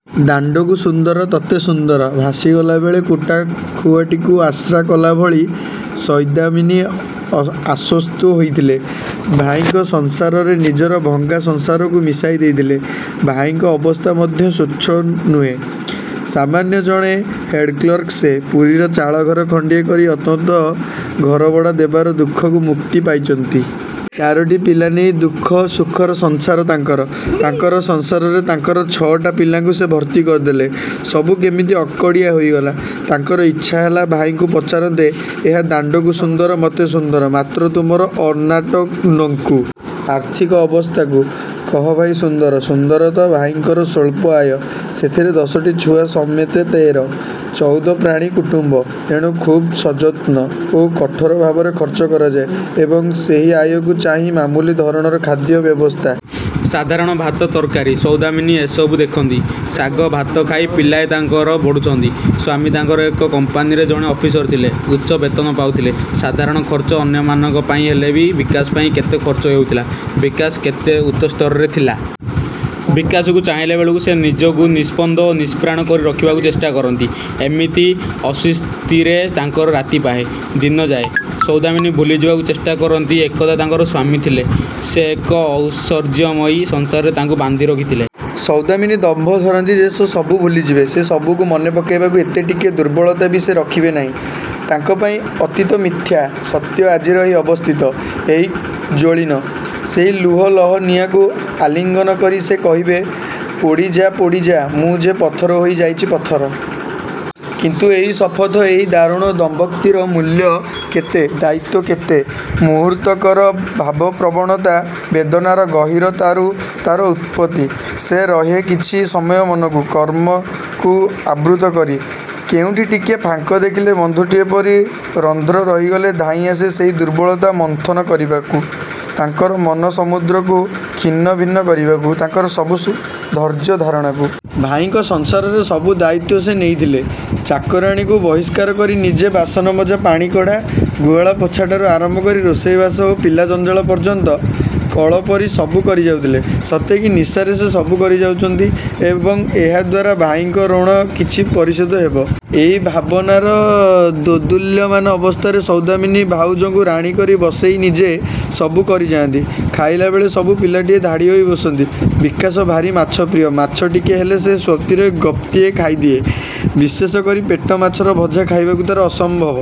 ଦାଣ୍ଡକୁ ସୁନ୍ଦର, ତତେ ସୁନ୍ଦର। ଭାସିଗଲା ବେଳେ କୁଟା ଖୁଅଟିକୁ ଆଶ୍ରା କଲାଭଳି ସୌଦାମିନୀ ଆଶ୍ଵସ୍ତ ହୋଇଥିଲେ । ଭାଇଙ୍କ ସଂସାରରେ ନିଜର ଭଙ୍ଗା ସଂସାରକୁ ମିଶାଇ ଦେଇଥିଲେ। ଭାଇଙ୍କ ଅବସ୍ଥା ମଧ୍ୟ ସ୍ୱଚ୍ଛ ନୁହେଁ। ସାମାନ୍ୟ ଜଣେ ହେଡ଼କ୍ଲର୍କ ସେ। ପୁରୀରେ ଚାଳଘର ଖଣ୍ଡିଏ କରି ଅନ୍ତତଃ ଘରଭଡ଼ା ଦେବାର ଦୁଃଖକୁ ମୁକ୍ତି ପାଇଚନ୍ତି। ଚାରୋଟି ପିଲା ନେଇ ଦୁଃଖ, ସୁଖର ସଂସାର ତାଙ୍କର। ତାଙ୍କର ସଂସାରରେ, ତାଙ୍କର ଛ ଟା ପିଲାଙ୍କୁ ସେ ଭର୍ତ୍ତି କରିଦେଲେ। ସବୁ କେମିତି ଅକଡ଼ିଆ ହୋଇଗଲା। ତାଙ୍କର ଇଚ୍ଛା ହେଲା ଭାଇଙ୍କୁ ପଚାରନ୍ତେ ଏହା ଦାଣ୍ଡକୁ ସୁନ୍ଦର, ମତେ ସୁନ୍ଦର, ମାତ୍ର ତୁମର ଅନାଟନକୁ? ଆର୍ଥିକ ଅବସ୍ଥାକୁ, କହ ଭାଇ ସୁନ୍ଦର? ସୁନ୍ଦର ତ? ଭାଇଙ୍କର ସ୍ୱଳ୍ପ ଆୟ। ସେଥିରେ ଦଶଟି ଛୁଆ ସମେତ ତେର, ଚଉଦ ପ୍ରାଣୀ କୁଟୁମ୍ବ। ତେଣୁ ଖୁବ୍ ସଯତ୍ନ ଓ କଠୋର ଭାବରେ ଖର୍ଚ୍ଚ କରାଯାଏ ଏବଂ ସେହି ଆୟକୁ ଚାହିଁ ମାମୁଲି ଧରଣର ଖାଦ୍ୟ ବ୍ୟବସ୍ଥା। ସାଧାରଣ ଭାତ, ତରକାରୀ। ସୌଦାମିନୀ ଏସବୁ ଦେଖନ୍ତି। ଶାଗ, ଭାତ ଖାଇ ପିଲାଏ ତାଙ୍କର ବଢ଼ୁଚନ୍ତି। ସ୍ୱାମୀ ତାଙ୍କର ଏକ କମ୍ପାନୀରେ ଜଣେ ଅଫିସର ଥିଲେ। ଉଚ୍ଚ ବେତନ ପାଉଥିଲେ। ସାଧାରଣ ଖର୍ଚ୍ଚ ଅନ୍ୟମାନଙ୍କ ପାଇଁ ହେଲେ ବି ବିକାଶ ପାଇଁ କେତେ ଖର୍ଚ୍ଚ ହେଉଥିଲା, ବିକାଶ କେତେ ଉଚ୍ଚ ସ୍ତରରେ ଥିଲା। ବିକାଶକୁ ଚାହିଁଲାବେଳକୁ ସେ ନିଜକୁ ନିସ୍ପନ୍ଦ ଓ ନିଷ୍ପ୍ରାଣ କରି ରଖିବାକୁ ଚେଷ୍ଟା କରନ୍ତି। ଏମିତି ଅସ୍ଵସ୍ତିରେ ତାଙ୍କର ରାତି ପାହେ, ଦିନ ଯାଏ। ସୌଦାମିନୀ ଭୁଲି ଯିବାକୁ ଚେଷ୍ଟା କରନ୍ତି ଏକଦା ତାଙ୍କର ସ୍ୱାମୀ ଥିଲେ। ସେ ଏକ ଐଶ୍ୱର୍ଯ୍ୟମୟ ସଂସାରରେ ତାଙ୍କୁ ବାନ୍ଧି ରଖିଥିଲେ। ସୌଦାମିନୀ ଦମ୍ଭ ଧରନ୍ତି ସେ ସବୁ ଭୁଲି ଯିବେ। ସେ ସବୁକୁ ମନେପକେଇବାକୁ ଏତେ ଟିକେ ଦୁର୍ବଳତା ବି ସେ ରଖିବେ ନାହିଁ। ତାଙ୍କ ପାଇଁ ଅତୀତ ମିଥ୍ୟା, ସତ୍ୟ ଆଜିର ଏହି ଅବସ୍ଥିତ, ଏହି ଜ୍ଵଳନ। ସେହି ଲହ ଲହ ନିଆଁକୁ ଆଲିଙ୍ଗନ କରି ସେ କହିବେ, ପୋଡ଼ି ଯା ପୋଡ଼ି ଯା, ମୁଁ ଯେ ପଥର ହୋଇ ଯାଇଚି, ପଥର । କିନ୍ତୁ ଏଇ ଶପଥ, ଏହି ଦାରୁଣ ଦମ୍ଭୋକ୍ତିର ମୂଲ୍ୟ କେତେ? ଦାୟିତ୍ୱ କେତେ? ମୁହୂର୍ତ୍ତକର ଭାବପ୍ରବଣତା, ବେଦନାର ଗହୀରତାରୁ ତାର ଉତ୍ପତ୍ତି। ସେ ରହେ କିଛି ସମୟ ମନକୁ, କର୍ମକୁ ଆବୃତ୍ତ କରି, କେଉଁଠି ଟିକେ ଫାଙ୍କ ଦେଖିଲେ ବିନ୍ଦୁଟିଏ ପରି ରନ୍ଧ୍ର ରହିଗଲେ ଧାଇଁଆସେ ସେହି ଦୁର୍ବଳତା ମନ୍ଥନ କରିବାକୁ ତାଙ୍କର ମନସମୁଦ୍ରକୁ ଖିନଭିନ୍ କରିବାକୁ, ତାଙ୍କର ସବୁ ଧୈର୍ଯ୍ୟ ଧାରଣାକୁ। ଭାଇଙ୍କ ସଂସାରର ସବୁ ଦାୟିତ୍ୱ ସେ ନେଇଥିଲେ। ଚାକରାଣୀକୁ ବହିଷ୍କାର କରି ନିଜେ ବାସନମଜା, ପାଣିକଢ଼ା, ଗୁହାଳ ପୋଛାଠାରୁ ଆରମ୍ଭ କରି ରୋଷେଇବାସ ଓ ପିଲା ଜଞ୍ଜାଳ ପର୍ଯ୍ୟନ୍ତ କଳ ପରି ସବୁ କରି ଯାଉଥିଲେ। ସତେ କି ନିଶାରେ ସେ ସବୁ କରିଯାଉଚନ୍ତି ଏବଂ ଏହାଦ୍ୱାରା ଭାଇଙ୍କ ଋଣ କିଛି ପରିଶୋଧ ହେବ। ଏଇ ଭାବନାର ଦୋଦୁଲ୍ୟମାନ ଅବସ୍ଥାରେ ସୌଦାମିନୀ ଭାଉଜଙ୍କୁ ରାଣୀ କରି ବସାଇ ନିଜେ ସବୁ କରିଯାନ୍ତି। ଖାଇଲାବେଳେ ସବୁ ପିଲାଟିଏ ଧାଡ଼ି ହୋଇ ବସନ୍ତି। ବିକାଶ ଭାରି ମାଛପ୍ରିୟ, ମାଛ ଟିକିଏ ହେଲେ ସେ ସ୍ୱସ୍ତିରେ ଗଣ୍ଡିଏ ଖାଇଦିଏ। ବିଶେଷ କରି ପେଟ ମାଛର ଭଜା ଖାଇବାକୁ ତାର ଅସମ୍ଭବ